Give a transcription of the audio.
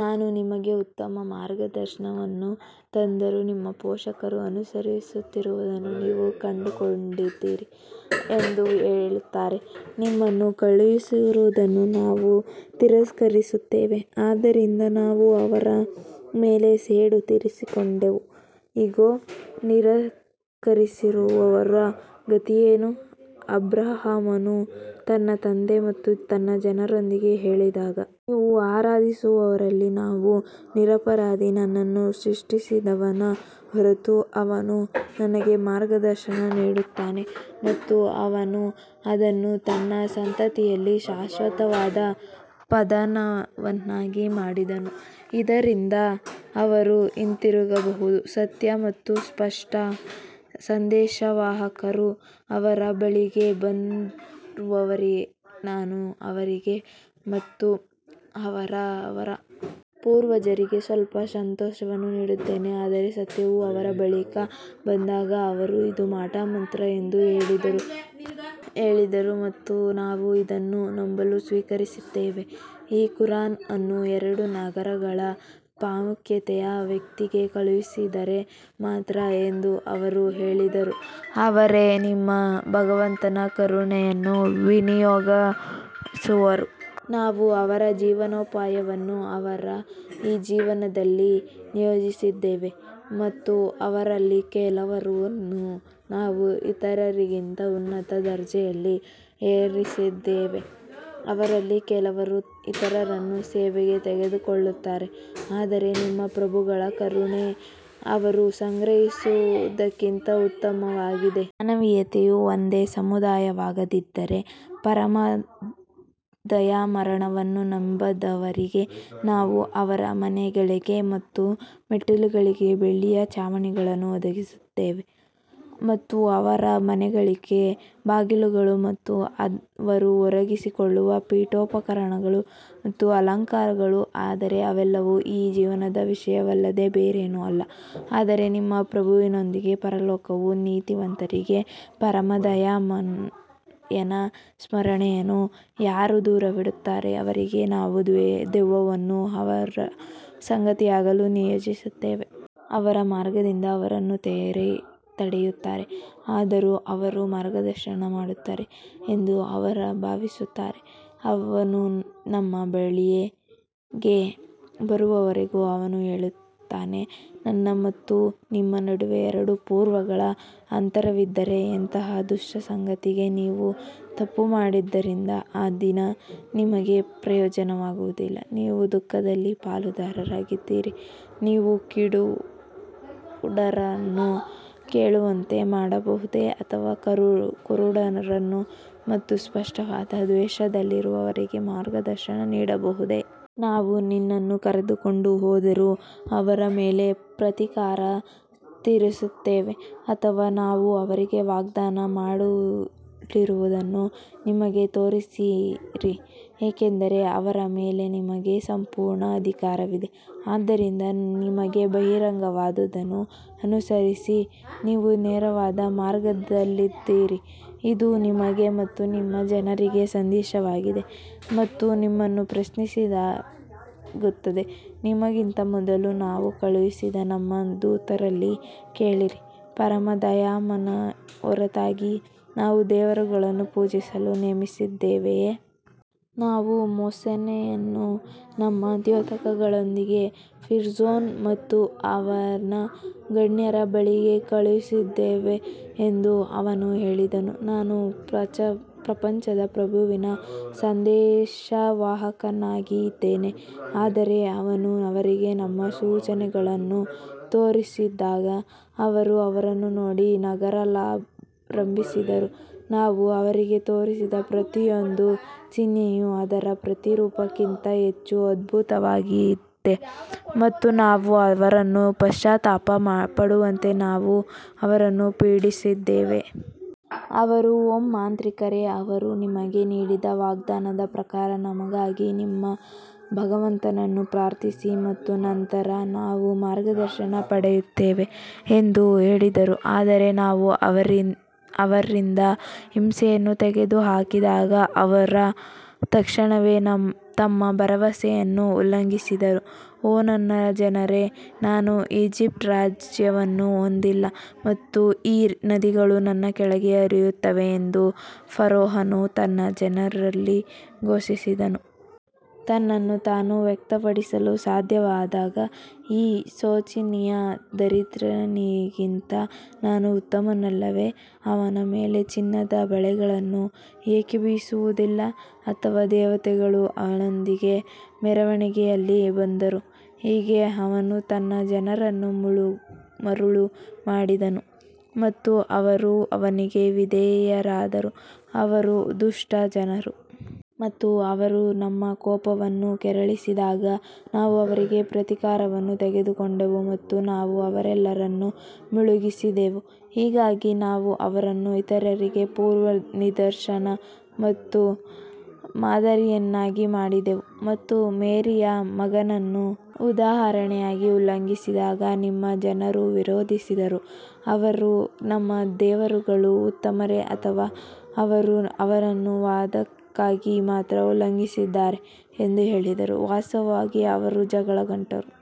ನಾನು ನಿಮಗೆ ಉತ್ತಮ ಮಾರ್ಗದರ್ಶನವನ್ನು ತಂದರೂ, ನಿಮ್ಮ ಪೋಷಕರು ಅನುಸರಿಸುತ್ತಿರುವುದನ್ನು ನೀವು ಕಂಡುಕೊಂಡಿದ್ದೀರಿ ಎಂದು ಅವರು ಹೇಳುತ್ತಾರೆ, ನಿಮ್ಮನ್ನು ಕಳುಹಿಸಿರುವುದನ್ನು ನಾವು ತಿರಸ್ಕರಿಸುತ್ತೇವೆ. ಆದ್ದರಿಂದ ನಾವು ಅವರ ಮೇಲೆ ಸೇಡು ತೀರಿಸಿಕೊಂಡೆವು, ಇಗೋ, ನಿರಾಕರಿಸುವವರ ಗತಿಯೇನು ಅಬ್ರಹಾಮನು ತನ್ನ ತಂದೆ ಮತ್ತು ತನ್ನ ಜನರೊಂದಿಗೆ ಹೇಳಿದಾಗ ನೀವು ಆರಾಧಿಸುವುದರಲ್ಲಿ ನಾನು ನಿರಪರಾಧಿ ನನ್ನನ್ನು ಸೃಷ್ಟಿಸಿದವನ ಹೊರತು ಅವನು ನನಗೆ ಮಾರ್ಗದರ್ಶನ ನೀಡುತ್ತಾನೆ ಮತ್ತು ಅವನು ಅದನ್ನು ತನ್ನ ಸಂತತಿಯಲ್ಲಿ ಶಾಶ್ವತವಾದ ಪದವನ್ನಾಗಿ ಮಾಡಿದನು ಇದರಿಂದ ಅವರು ಹಿಂತಿರುಗಬಹುದು ಸತ್ಯ ಮತ್ತು ಸ್ಪಷ್ಟ ಸಂದೇಶವಾಹಕರು ಅವರ ಬಳಿಗೆ ಬರುವವರೆಗೆ ನಾನು ಅವರಿಗೆ ಮತ್ತು ಅವರ ಪೂರ್ವಜರಿಗೆ ಸ್ವಲ್ಪ ಸಂತೋಷವನ್ನು ನೀಡಿದ್ದೇನೆ ಆದರೆ ಸತ್ಯವು ಅವರ ಬಳಿಗೆ ಬಂದಾಗ ಅವರು ಇದು ಮಾಟಮಂತ್ರ ಎಂದು ಹೇಳಿದರು ಮತ್ತು ನಾವು ಇದನ್ನು ನಂಬಲು ನಿರಾಕರಿಸುತ್ತೇವೆ ಈ ಕುರಾನ್ ಅನ್ನು ಎರಡು ನಗರಗಳ ಪ್ರಾಮುಖ್ಯತೆಯ ವ್ಯಕ್ತಿಗೆ ಕಳುಹಿಸಿದರೆ ಮಾತ್ರ ಎಂದು ಅವರು ಹೇಳಿದರು ಅವರೇ ನಿಮ್ಮ ಭಗವಂತನ ಕರುಣೆಯನ್ನು ವಿನಿಯೋಗಿಸುವವರು ನಾವು ಅವರ ಜೀವನೋಪಾಯವನ್ನು ಈ ಜೀವನದಲ್ಲಿ ನಿಯೋಜಿಸಿದ್ದೇವೆ ಮತ್ತು ಅವರಲ್ಲಿ ಕೆಲವರನ್ನು ನಾವು ಇತರರಿಗಿಂತ ಉನ್ನತ ದರ್ಜೆಯಲ್ಲಿ ಏರಿಸಿದ್ದೇವೆ, ಅವರಲ್ಲಿ ಕೆಲವರು ಇತರರನ್ನು ಸೇವೆಗೆ ತೆಗೆದುಕೊಳ್ಳುತ್ತಾರೆ ಆದರೆ ನಿಮ್ಮ ಪ್ರಭುಗಳ ಕರುಣೆ ಅವರು ಸಂಗ್ರಹಿಸುವುದಕ್ಕಿಂತ ಉತ್ತಮವಾಗಿದೆ. ಮಾನವೀಯತೆಯು ಒಂದೇ ಸಮುದಾಯವಾಗದಿದ್ದರೆ, ಪರಮ ದಯಾಮರಣವನ್ನು ನಂಬದವರಿಗೆ ನಾವು ಅವರ ಮನೆಗಳಿಗೆ ಮತ್ತು ಮೆಟ್ಟಿಲುಗಳಿಗೆ ಬೆಳ್ಳಿಯ ಛಾವಣಿಗಳನ್ನು ಒದಗಿಸುತ್ತಿದ್ದೆವು. ಮತ್ತು ಅವರ ಮನೆಗಳಿಗೆ ಬಾಗಿಲುಗಳು ಮತ್ತು ಅವರು ಒರಗಿಕೊಳ್ಳುವ ಪೀಠೋಪಕರಣಗಳು ಮತ್ತು ಅಲಂಕಾರಗಳು ಆದರೆ ಅದೆಲ್ಲವೂ ಈ ಜೀವನದ ವಿಷಯವಲ್ಲದೆ ಬೇರೇನೂ ಅಲ್ಲ ಆದರೆ ನಿಮ್ಮ ಪ್ರಭುವಿನೊಂದಿಗೆ ಪರಲೋಕವು ನೀತಿವಂತರಿಗೆ ಪರಮ ದಯಾಮಯನ ಸ್ಮರಣೆಯನ್ನು ಯಾರು ದೂರವಿಡುತ್ತಾರೋ ಅವರಿಗೆ ನಾವು ದೆವ್ವವನ್ನು ಅವನ ಸಂಗಾತಿಯಾಗಲು ನಿಯೋಜಿಸುತ್ತೇವೆ. ಅವರು ಮಾರ್ಗದಿಂದ ಅವರನ್ನು ತಡೆಯುತ್ತಾರೆ, ಆದರೂ ಅವರು ಮಾರ್ಗದರ್ಶನ ಮಾಡುತ್ತಾರೆ ಎಂದು ಅವರು ಭಾವಿಸುತ್ತಾರೆ ಅವನು ನಮ್ಮ ಬಳಿಗೆ ಬರುವವರೆಗೂ ಅವನು ಹೇಳುತ್ತಾನೆ ನನ್ನ ಮತ್ತು ನಿಮ್ಮ ನಡುವೆ ಎರಡು ಪೂರ್ವಗಳ ಅಂತರವಿದ್ದರೆ ಎಂತಹ ದುಷ್ಟ ಸಂಗಾತಿ ನೀವು ತಪ್ಪು ಮಾಡಿದ್ದರಿಂದ ಆ ದಿನ ನಿಮಗೆ ಪ್ರಯೋಜನವಾಗುವುದಿಲ್ಲ, ನೀವು ದುಃಖದಲ್ಲಿ ಪಾಲುದಾರರಾಗಿದ್ದೀರಿ ನೀವು ಕಿವುಡರನ್ನು ಕೇಳುವಂತೆ ಮಾಡಬಹುದೇ ಅಥವಾ ಕುರುಡರನ್ನು ಮತ್ತು ಸ್ಪಷ್ಟವಾದ ದೋಷದಲ್ಲಿರುವವರಿಗೆ ಮಾರ್ಗದರ್ಶನ ನೀಡಬಹುದೇ? ನಾವು ನಿನ್ನನ್ನು ಕರೆದುಕೊಂಡು ಹೋದರೂ ಅವರ ಮೇಲೆ ಪ್ರತೀಕಾರ ತೀರಿಸುತ್ತೇವೆ ಅಥವಾ ನಾವು ಅವರಿಗೆ ವಾಗ್ದಾನ ಮಾಡಿರುವುದನ್ನು ನಿಮಗೆ ತೋರಿಸಿರಿ ಏಕೆಂದರೆ ಅವರ ಮೇಲೆ ನಮಗೆ ಸಂಪೂರ್ಣ ಅಧಿಕಾರವಿದೆ ಆದ್ದರಿಂದ ನಿಮಗೆ ಬಹಿರಂಗವಾದದ್ದನ್ನು ಅನುಸರಿಸಿ, ನೀವು ನೇರವಾದ ಮಾರ್ಗದಲ್ಲಿದ್ದೀರಿ ಇದು ನಿಮಗೆ ಮತ್ತು ನಿಮ್ಮ ಜನರಿಗೆ ಸಂದೇಶವಾಗಿದೆ ಮತ್ತು ನಿಮ್ಮನ್ನು ಪ್ರಶ್ನಿಸಲಾಗುತ್ತದೆ ನಿಮಗಿಂತ ಮೊದಲು ನಾವು ಕಳುಹಿಸಿದ ನಮ್ಮ ದೂತರಲ್ಲಿ ಕೇಳಿರಿ, ಪರಮ ದಯಾಮಯನ ಹೊರತಾಗಿ ನಾವು ದೇವರುಗಳನ್ನು ಪೂಜಿಸಲು ನೇಮಿಸಿದ್ದೇವೆಯೇ? ನಾವು ಮೋಸೆಸ್ನನ್ನು ನಮ್ಮ ದ್ಯೋತಕಗಳೊಂದಿಗೆ ಫಿರ್ಔನ್ ಮತ್ತು ಅವನ ಗಣ್ಯರ ಬಳಿಗೆ ಕಳುಹಿಸಿದ್ದೇವೆ ಎಂದು ಅವನು ಹೇಳಿದನು, ನಾನು ಪ್ರಪಂಚದ ಪ್ರಭುವಿನ ಸಂದೇಶವಾಹಕನಾಗಿದ್ದೇನೆ. ಆದರೆ ಅವನು ಅವರಿಗೆ ನಮ್ಮ ಸೂಚನೆಗಳನ್ನು ತೋರಿಸಿದಾಗ ಅವರು ಅವರನ್ನು ನೋಡಿ ನಗಲಾರಂಭಿಸಿದರು ನಾವು ಅವರಿಗೆ ತೋರಿಸಿದ ಪ್ರತಿಯೊಂದು ಚಿಹ್ನೆಯು ಅದರ ಪ್ರತಿರೂಪಕ್ಕಿಂತ ಹೆಚ್ಚು ಅದ್ಭುತವಾಗಿದೆ ಮತ್ತು ನಾವು ಅವರನ್ನು ಪಶ್ಚಾತ್ತಾಪ ಪಡುವಂತೆ ನಾವು ಅವರನ್ನು ಪೀಡಿಸಿದ್ದೇವೆ. ಅವರು ಓ ಮಾಂತ್ರಿಕರೇ, ಅವರು ನಿಮಗೆ ನೀಡಿದ ವಾಗ್ದಾನದ ಪ್ರಕಾರ ನಮಗಾಗಿ ನಿಮ್ಮ ಭಗವಂತನನ್ನು ಪ್ರಾರ್ಥಿಸಿ ಮತ್ತು ನಂತರ ನಾವು ಮಾರ್ಗದರ್ಶನ ಪಡೆಯುತ್ತೇವೆ ಎಂದು ಹೇಳಿದರು. ಆದರೆ ನಾವು ಅವರಿಂದ ಹಿಂಸೆಯನ್ನು ತೆಗೆದುಹಾಕಿದಾಗ ಅವರು ತಕ್ಷಣವೇ ತಮ್ಮ ಭರವಸೆಯನ್ನು ಉಲ್ಲಂಘಿಸಿದರು ಓ ನನ್ನ ಜನರೇ ನಾನು ಈಜಿಪ್ಟ್ ರಾಜ್ಯವನ್ನು ಹೊಂದಿಲ್ಲ ಮತ್ತು ಈ ನದಿಗಳು ನನ್ನ ಕೆಳಗೆ ಹರಿಯುತ್ತವೆ ಎಂದು ಫರೋಹನು ತನ್ನ ಜನರಲ್ಲಿ ಘೋಷಿಸಿದನು. ತನ್ನನ್ನು ತಾನು ವ್ಯಕ್ತಪಡಿಸಲು ಸಾಧ್ಯವಾಗದ ಈ ಶೋಚನೀಯ ದರಿದ್ರನಿಗಿಂತ ನಾನು ಉತ್ತಮನಲ್ಲವೇ? ಅವನ ಮೇಲೆ ಚಿನ್ನದ ಬಳೆಗಳನ್ನು ಏಕೆ ಬೀಳಿಸುವುದಿಲ್ಲ ಅಥವಾ ದೇವತೆಗಳು ಅವನೊಂದಿಗೆ ಮೆರವಣಿಗೆಯಲ್ಲಿ ಬಂದರು ಹೀಗೆ ಅವನು ತನ್ನ ಜನರನ್ನು ಮರುಳು ಮಾಡಿದನು ಮತ್ತು ಅವರು ಅವನಿಗೆ ವಿಧೇಯರಾದರು ಅವರು ದುಷ್ಟ ಜನರು ಮತ್ತು ಅವರು ನಮ್ಮ ಕೋಪವನ್ನು ಕೆರಳಿಸಿದಾಗ ನಾವು ಅವರಿಂದ ಪ್ರತೀಕಾರವನ್ನು ತೆಗೆದುಕೊಂಡೆವು ಮತ್ತು ನಾವು ಅವರೆಲ್ಲರನ್ನು ಮುಳುಗಿಸಿದೆವು ಹೀಗಾಗಿ ನಾವು ಅವರನ್ನು ಇತರರಿಗೆ ಪೂರ್ವನಿದರ್ಶನ ಮತ್ತು ಮಾದರಿಯನ್ನಾಗಿ ಮಾಡಿದೆವು ಮತ್ತು ಮೇರಿಯ ಮಗನನ್ನು ಉದಾಹರಣೆಯಾಗಿ ಉಲ್ಲೇಖಿಸಿದಾಗ ನಿಮ್ಮ ಜನರು ವಿರೋಧಿಸಿದರು ಅವರು ನಮ್ಮ ದೇವರುಗಳು ಉತ್ತಮರೇ ಅಥವಾ ಅವರು ಅವನನ್ನು ವಾದಕ್ಕಾಗಿ ಮಾತ್ರ ಉಲ್ಲೇಖಿಸಿದ್ದಾರೆ ಎಂದು ಹೇಳಿದರು, ವಾಸ್ತವವಾಗಿ ಅವರು ಜಗಳಗಂಟರು.